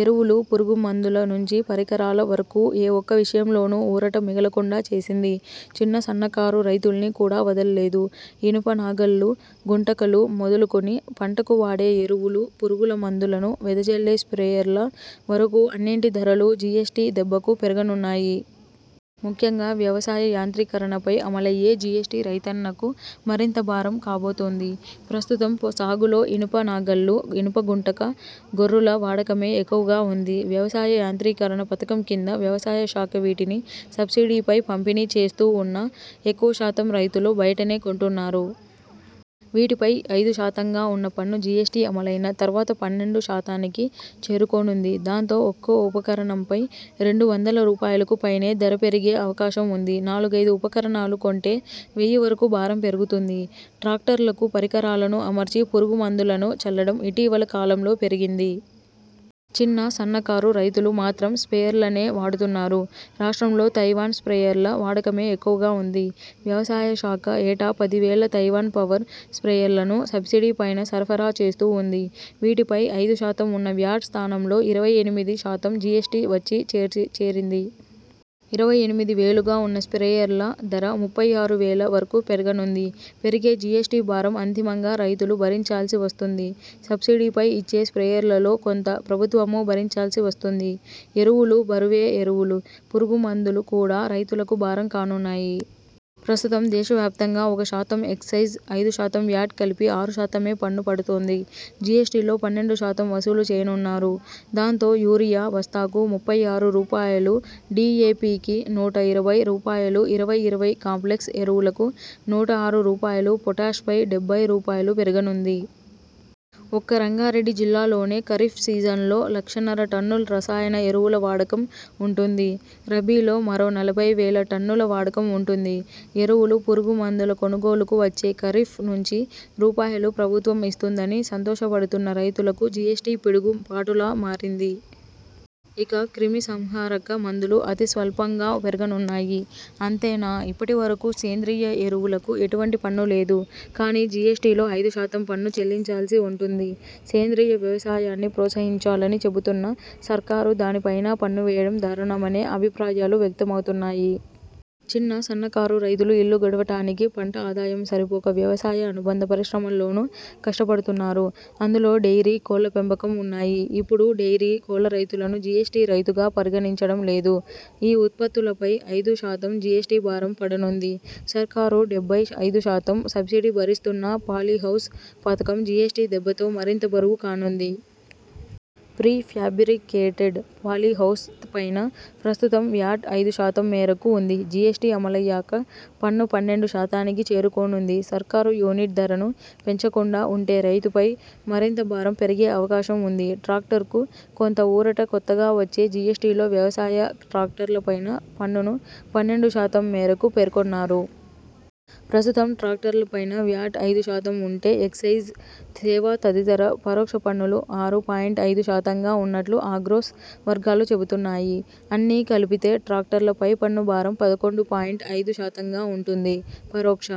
ఎరువులు, పురుగు మందుల నుంచి పరికరాల వరకూ ఏ ఒక్క విషయంలోనూ ఊరట మిగలకుండా చేసింది. చిన్న సన్నకారు రైతుల్ని కూడా వదల్లేదు. ఇనుప నాగళ్లు, గుంటకలు మొదలుకుని పంటకు వాడే ఎరువులు, పురుగుల మందులను వెదజల్లే స్ర్పేయర్ల వరకూ అన్నింటి ధరలూ జీఎ్సటీ దెబ్బకు పెరగనున్నాయి. ముఖ్యంగా వ్యవసాయ యాంత్రీకరణపై అమలయ్యే జీఎస్టీ రైతన్నకు మరింత భారం కాబోతోంది. ప్రస్తుతం సాగులో ఇనుప నాగళ్లు, ఇనుప గుంటక, గొర్రుల వాడకమే ఎక్కువగా ఉంది. వ్యవసాయ యాంత్రీకరణ పథకం కింద వ్యవసాయ శాఖ వీటిని సబ్సిడీపై పంపిణీ చేస్తూ ఉన్నా ఎక్కువ శాతం రైతులు బయటనే కొంటున్నారు. వీటిపై ఐదు శాతంగా ఉన్న పన్ను జీఎస్టీ అమలైన తర్వాత పన్నెండు శాతానికి చేరుకోనుంది దాంతో ఒక్కో ఉపకరణంపై రెండు వందల రూపాయలుకు పైనే ధర పెరిగే అవకాశం ఉంది నాలుగైదు ఉపకరణాలు కొంటే వెయ్యి వరకు భారం పెరుగుతుంది. ట్రాక్టర్లకు పరికరాలను అమర్చి పురుగు మందులను చల్లడం ఇటీవల కాలంలో పెరిగింది. చిన్న, సన్నకారు రైతులు మాత్రం స్ర్పేయర్లనే వాడుతున్నారు. రాష్ట్రంలో తైవాన్ స్ర్పేయర్ల వాడకమే ఎక్కువగా ఉంది. వ్యవసాయ శాఖ ఏటా పది వేల తైవాన్ పవర్ స్ర్పేయర్లను సబ్సిడీ పైన సరఫరా చేస్తూ ఉంది. వీటిపై ఐదు శాతం ఉన్న వ్యాట్ స్థానంలో ఇరవై ఎనిమిది శాతం జీఎ్సటీ వచ్చి చేరింది. ఇరవై ఎనిమిది వేలుగా ఉన్న స్ర్పేయర్ల ధర ముప్పై ఆరు వేల వరకు పెరగనుంది. పెరిగే జీఎస్టీ భారం అంతిమంగా రైతులు భరించాల్సి వస్తుంది. సబ్సిడీపై ఇచ్చే స్ర్పేయర్లలో కొంత ప్రభుత్వమూ భరించాల్సి వస్తుంది. ఎరువులూ బరువే ఎరువులు, పురుగు మందులు కూడా రైతులకు భారం కానున్నాయి. ప్రస్తుతం దేశవ్యాప్తంగా ఒక శాతం ఎక్సైజ్, ఐదు శాతం వ్యాట్ కలిపి ఆరు శాతమే పన్ను పడుతోంది. జీఎస్టీలో పన్నెండు శాతం వసూలు చేయనున్నారు. దాంతో, యూరియా బస్తాకు ముప్పై ఆరు రూపాయలు డీఏపీకి నూట ఇరవై రూపాయలు ఇరవై ఇరవై కాంప్లెక్స్ ఎరువులకు నూట ఆరు రూపాయలు పొటాష్ పై డెబ్బై రూపాయలు పెరగనుంది. ఒక్క రంగారెడ్డి జిల్లాలోనే ఖరీఫ్ సీజన్లో లక్షన్నర టన్నుల రసాయన ఎరువుల వాడకం ఉంటుంది. రబీలో మరో నలభై వేల టన్నుల వాడకం ఉంటుంది. ఎరువులు, పురుగు మందుల కొనుగోలుకు వచ్చే ఖరీఫ్ నుంచి రూపాయలు. ప్రభుత్వం ఇస్తుందని సంతోషపడుతున్న రైతులకు, జీఎస్టీ పిడుగు పాటులా మారింది. ఇక, క్రిమి సంహారక మందులు అతి స్వల్పంగా పెరగనున్నాయి. అంతేనా, ఇప్పటి వరకూ సేంద్రియ ఎరువులకు ఎటువంటి పన్ను లేదు. కానీ, జీఎస్టీ లో ఐదు శాతం పన్ను చెల్లించాల్సి ఉంటుంది. సేంద్రియ వ్యవసాయాన్ని ప్రోత్సహించాలని చెబుతున్న సర్కారు దానిపైనా పన్ను వేయడం దారుణమనే అభిప్రాయాలు వ్యక్తమవుతున్నాయి. చిన్న, సన్నకారు రైతులు ఇల్లు గడవటానికి పంట ఆదాయం సరిపోక వ్యవసాయ అనుబంధ పరిశ్రమల్లోనూ కష్టపడుతున్నారు. అందులో డెయిరీ, కోళ్ల పెంపకం ఉన్నాయి. ఇప్పుడు డెయిరీ, కోళ్ల రైతులను జీఎస్టీ రైతుగా పరిగణించడం లేదు. ఈ ఉత్పత్తులపై ఐదు శాతం జీఎస్టీ భారం పడనుంది. సర్కారు డెబ్బై ఐదు శాతం సబ్సిడీ భరిస్తున్నా పాలీహౌస్ పథకం జీఎస్టీ దెబ్బతో మరింత బరువు కానుంది. ప్రీ ఫ్యాబ్రికేటెడ్ పాలీ హౌస్ పైన ప్రస్తుతం వ్యాట్ ఐదు శాతం మేరకు ఉంది. జీఎస్టీ అమలయ్యాక పన్ను పన్నెండు శాతానికి చేరుకోనుంది. సర్కారు యూనిట్ ధరను పెంచకుండా ఉంటే రైతుపై మరింత భారం పెరిగే అవకాశం ఉంది. ట్రాక్టర్కు కొంత ఊరట కొత్తగా వచ్చే జీఎస్టీలో వ్యవసాయ ట్రాక్టర్ల పైన పన్నును పన్నెండు శాతం మేరకు పేర్కొన్నారు. ప్రస్తుతం ట్రాక్టర్ల పైన వ్యాట్ ఐదు శాతం ఉంటే., ఎక్సయిజ్, సేవా తదితర పరోక్ష పన్నులు ఆరు పాయింట్ ఐదు శాతంగా ఉన్నట్లు ఆగ్రోస్ వర్గాలు చెబుతున్నాయి. అన్నీ కలిపితే ట్రాక్టర్ల పై పన్ను భారం పదకొండు పాయింట్ ఐదు శాతంగా ఉంటుంది. పరోక్ష